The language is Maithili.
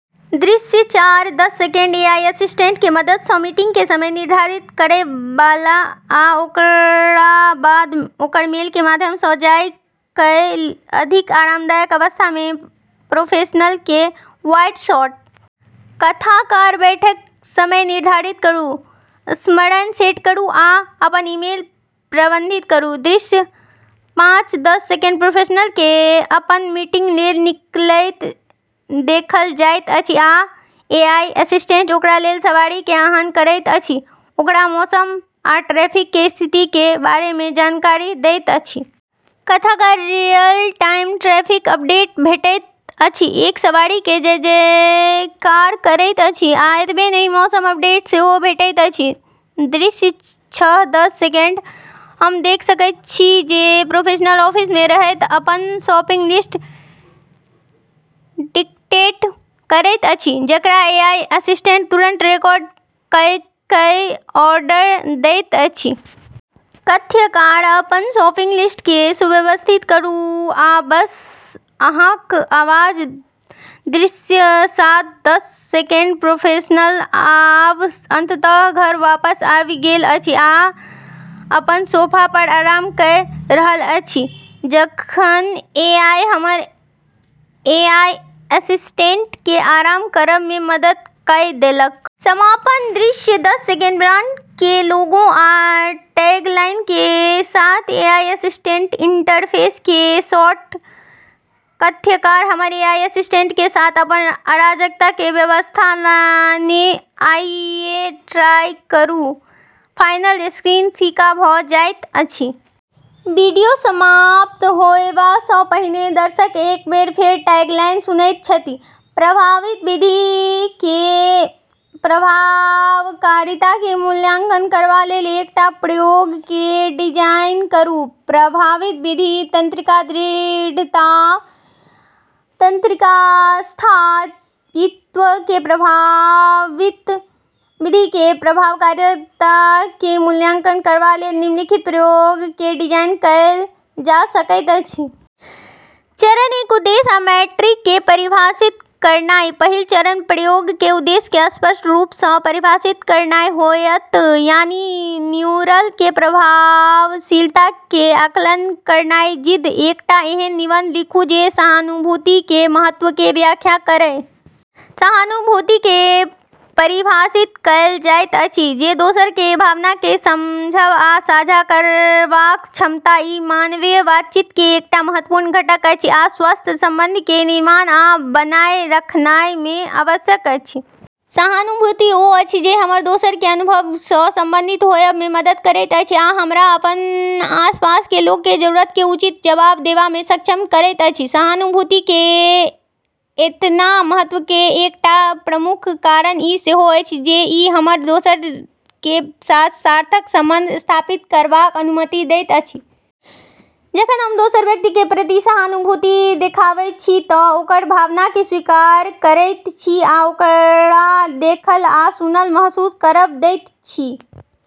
दृश्य चार दस सेकंड एआई असिस्टेंट के मदद सँ मीटिंग के समय निर्धारित करय वाला आ ओकरा बाद ओकर मेल के माध्यम सँ जाय कए अधिक आरामदायक अवस्था मे प्रोफेशनल के वाइड शॉट। कथाकार बैठक समय निर्धारित करू, स्मरण सेट करू, आ अपन ईमेल प्रबंधित करू। दृश्य पाँच दस सेकंड प्रोफेशनल के अपन मीटिंग लेल निकलैत देखल जाइत अछि आ एआई असिस्टेंट ओकरा लेल सवारी के आह्वान करैत अछि, ओकरा मौसम आ ट्रैफिक के स्थिति के बारे मे जानकारी दैत अछि। कथाकार रियल-टाइम ट्रैफिक अपडेट भेटैत अछि, एक सवारी के जय-जयकार करैत अछि, आ एतबे नहि मौसम अपडेट सेहो भेटैत अछि। दृश्य छह दस सेकंड हम देख सकैत छी जे प्रोफेशनल ऑफिस मे रहैत अपन शॉपिंग लिस्ट डिक्टेट करैत अछि, जकरा एआई असिस्टेंट तुरंत रिकॉर्ड कए कए ऑर्डर दैत अछि। कथ्यकार अपन शॉपिंग लिस्ट के सुव्यवस्थित करू आ बस अहाँक आवाज। दृश्य सात दस सेकंड प्रोफेशनल आब अंततः घर वापस आबि गेल अछि, आ अपन सोफा पर आराम कए रहल अछि जखन एआई हमर एआई असिस्टेंट के आराम करब मे मदद कए देलक। समापन दृश्य दस सेकंड ब्रांड के लोगो आ टैगलाइन के साथ एआई असिस्टेंट इंटरफेस के शॉट। कथ्यकार हमर एआई असिस्टेंट के साथ अपन अराजकता मे व्यवस्था लानै। आइये ट्राई करू। फाइनल स्क्रीन फीका भ जाइत अछि। वीडियो समाप्त होयबा सँ पहिने दर्शक एक बेर फेर टैगलाइन सुनैत छथि। प्रस्तावित विधि के प्रभावकारिता के मूल्यांकन करबा लेल एकटा प्रयोग के डिजाइन करू। प्रस्तावित विधि तंत्रिका दृढ़ता। तंत्रिका स्थायित्व के प्रस्तावित विधि के प्रभावकारिता के मूल्यांकन करबा लेल निम्नलिखित प्रयोग के डिजाइन कएल जा सकैत अछि। चरण एक उद्देश्य आ मीट्रिक के परिभाषित करनाय। पहिल चरण प्रयोग के उद्देश्य के स्पष्ट रूप सँ परिभाषित करनाय होयत, यानी न्यूरल के प्रभावशीलता के आकलन करनाय जिद। एकटा एहन निबंध लिखू जे सहानुभूति के महत्व के व्याख्या करय। सहानुभूति के परिभाषित कएल जाइत अछि जे दोसर के भावना के समझब आ साझा करबाक क्षमता। ई मानवीय बातचीत के एकटा महत्वपूर्ण घटक अछि आ स्वस्थ संबंध के निर्माण आ बनाए रखनाय मे आवश्यक अछि। सहानुभूति ओ अछि जे हमरा दोसर के अनुभव सँ संबंधित होयब मे मदद करैत अछि आ हमरा अपन आसपास के लोक के जरूरत के उचित जवाब देबा मे सक्षम करैत अछि। सहानुभूति के एतना महत्व के एकटा प्रमुख कारण ई सेहो अछि जे ई हमरा दोसर के साथ सार्थक संबंध स्थापित करबाक अनुमति दैत अछि। जखन हम दोसर व्यक्ति के प्रति सहानुभूति देखाबैत छी त ओकर भावना के स्वीकार करैत छी आ ओकरा देखल आ सुनल महसूस करब दैत छी।